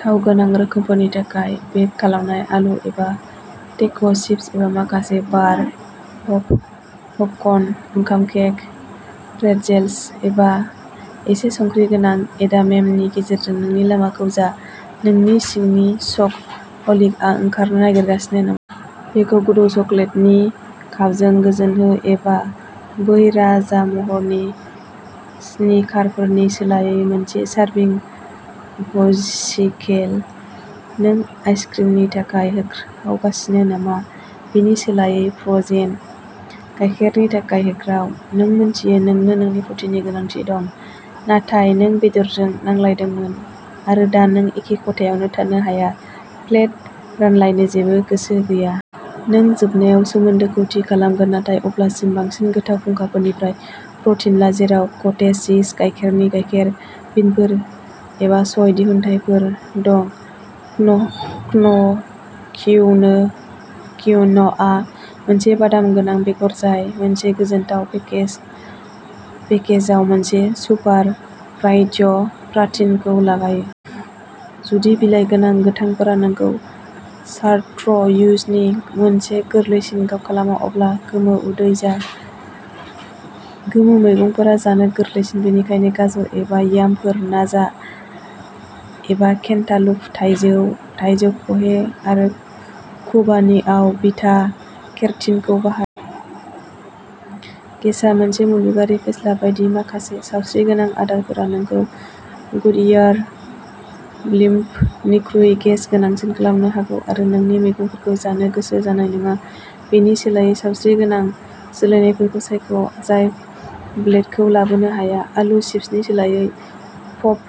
थाव गोनां रोखोमफोरनि थाखाय बेक खालामनाय आलु एबा टेक' चिप्स एबा माखासे बार पप्ड पपकर्न, ओंखाम केक, प्रेटजेल्स, एबा एसे संख्रि गोनां एडामेमनि गेजेरजों नोंनि लामाखौ जा। नोंनि सिंनि चक'हलिकआ ओंखारनो नागिरगासिनो नामा? बेखौ गुदुं चकलेटनि कापजों गोजोन हो एबा बै राजा महरनि स्निकारफोरनि सोलायै मोनसे सारभिं फजसिकेल। नों आइसक्रिमनि थाखाय होख्रावगासिनो नामा? बेनि सोलायै फ्र'जेन गाइखेरनि थाखाय होख्राव। नों मिन्थियो नोंनो नोंनि प्र'टिननि गोनांथि दं, नाथाय नों बेदरजों नांलायदोंमोन आरो दा नों एखे खथायाव थानो हाया, प्लेट रानलायनो जेबो गोसो गैया। नों जोबनायाव सोमोन्दोखौ थि खालामगोन, नाथाय अब्लासिम, बांसिन गोथाव फुंखाफोरनिफ्राय प्र'टिन ला, जेराव कटेज चीज, गाइखेरनि गाइखेर, बिनफोर, एबा सय दिहुनथायफोर दं न न क्वि क्विनोआ, मोनसे बादाम गोनां बेगर जाय मोनसे गोजोनथाव पेकेज पेकेजाव मोनसे सुपार पाञ्च प्रटिनखौ लागायो। जुदि बिलाइ गोनां गोथांफोरा नोंखौ चार्ट्र्यूजनि मोनसे गोरलैसिन गाब खालामा, अब्ला गोमो उदै जा। गोमो मैगंफोरा जानो गोरलैसिन, बेनिखायनो गाजर एबा यामफोर नाजा, एबा केन्टालुप, थाइजौ, थाइजौ खहे आरो खुबानीआव बिटा केरटिनखौ बाहाय। गेसा मोनसे मुलुगारि फेस्ला बायदि माखासे सावस्रिगोनां आदारफोरा नोंखौ गुडइयार ब्लिम्पनिख्रुइ गेस गोनांसिन खालामनो हागौ आरो नोंनि मैगंफोरखौ जानो गोसो जानाय नङा। बेनि सोलायै सावस्रिगोनां सोलायनायफोरखौ सायख' जाय ब्लेटखौ लाबोनो हाया। आलु चिप्सनि सोलायै पप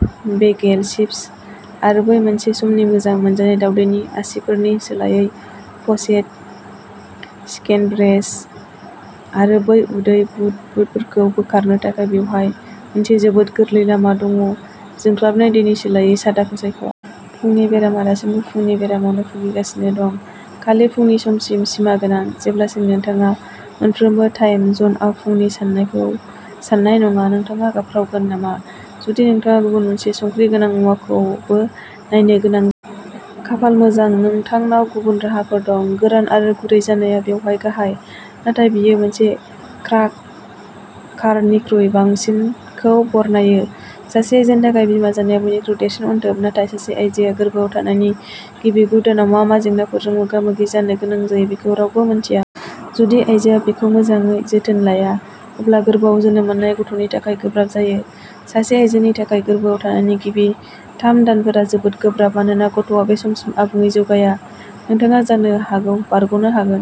बेगेल चिप्स, आरो बै मोनसे समनि मोजां मोनजानाय दावदैनि आसिफोरनि सोलायै प'चेद चिकेन ब्रेस्ट आरो बै उदै बुदबुदफोरखौ बोखारनो थाखाय बेवहाय मोनसे जोबोद गोरलै लामा दङ' जोंख्लाबनाय दैनि सोलायै, सादाखौ सायख'। फुंनि बेरामा दासिमबो फुंनि बेरामाव भुगिगासिनो दं। खालि फुंनि समसिम सिमागोनां, जेब्लासिम नोंथाङा मोनफ्रोमबो टाइम जनआव फुंनि साननायखौ सान्नाय नङा? नोंथाङा गाबख्रावगोन नामा, जुदि नोंथाङा गुबुन मोनसे संख्रि गोनां मुवाखौबो नायनो गोनां जायो? खाफाल मोजां, नोंथांनाव गुबुन राहाफोर दं। गोरान आरो गुरै जानाया बेवहाय गाहाय, नाथाय बेयो मोनसे क्राकारनिख्रुइ बांसिनखौ बरनायो। सासे आइजोनि थाखाय बिमा जानाया बयनिख्रुइ देरसिन अनथोब। नाथाय सासे आइजोआ गोर्बोआव थानायनि गिबि गु दानाव मा मा जेंनाफोरजों मोगा मोगि जानो गोनां जायो बेखौ रावबो मिन्थिया। जुदि आइजोआ बिखौ मोजाङै जोथोन लाया, अब्ला गोरबोआव जोनोम मोननाय गथ'नि थाखाय गोब्राब जायो। सासे आइजोनि थाखाय, गोर्बोआव थानायनि गिबि थाम दानफोरा जोबोद गोब्राब मानोना गथ'आ बे समसिम आबुङै जौगाया। नोंथाङा जानो हागौ बारग'नो हागोन।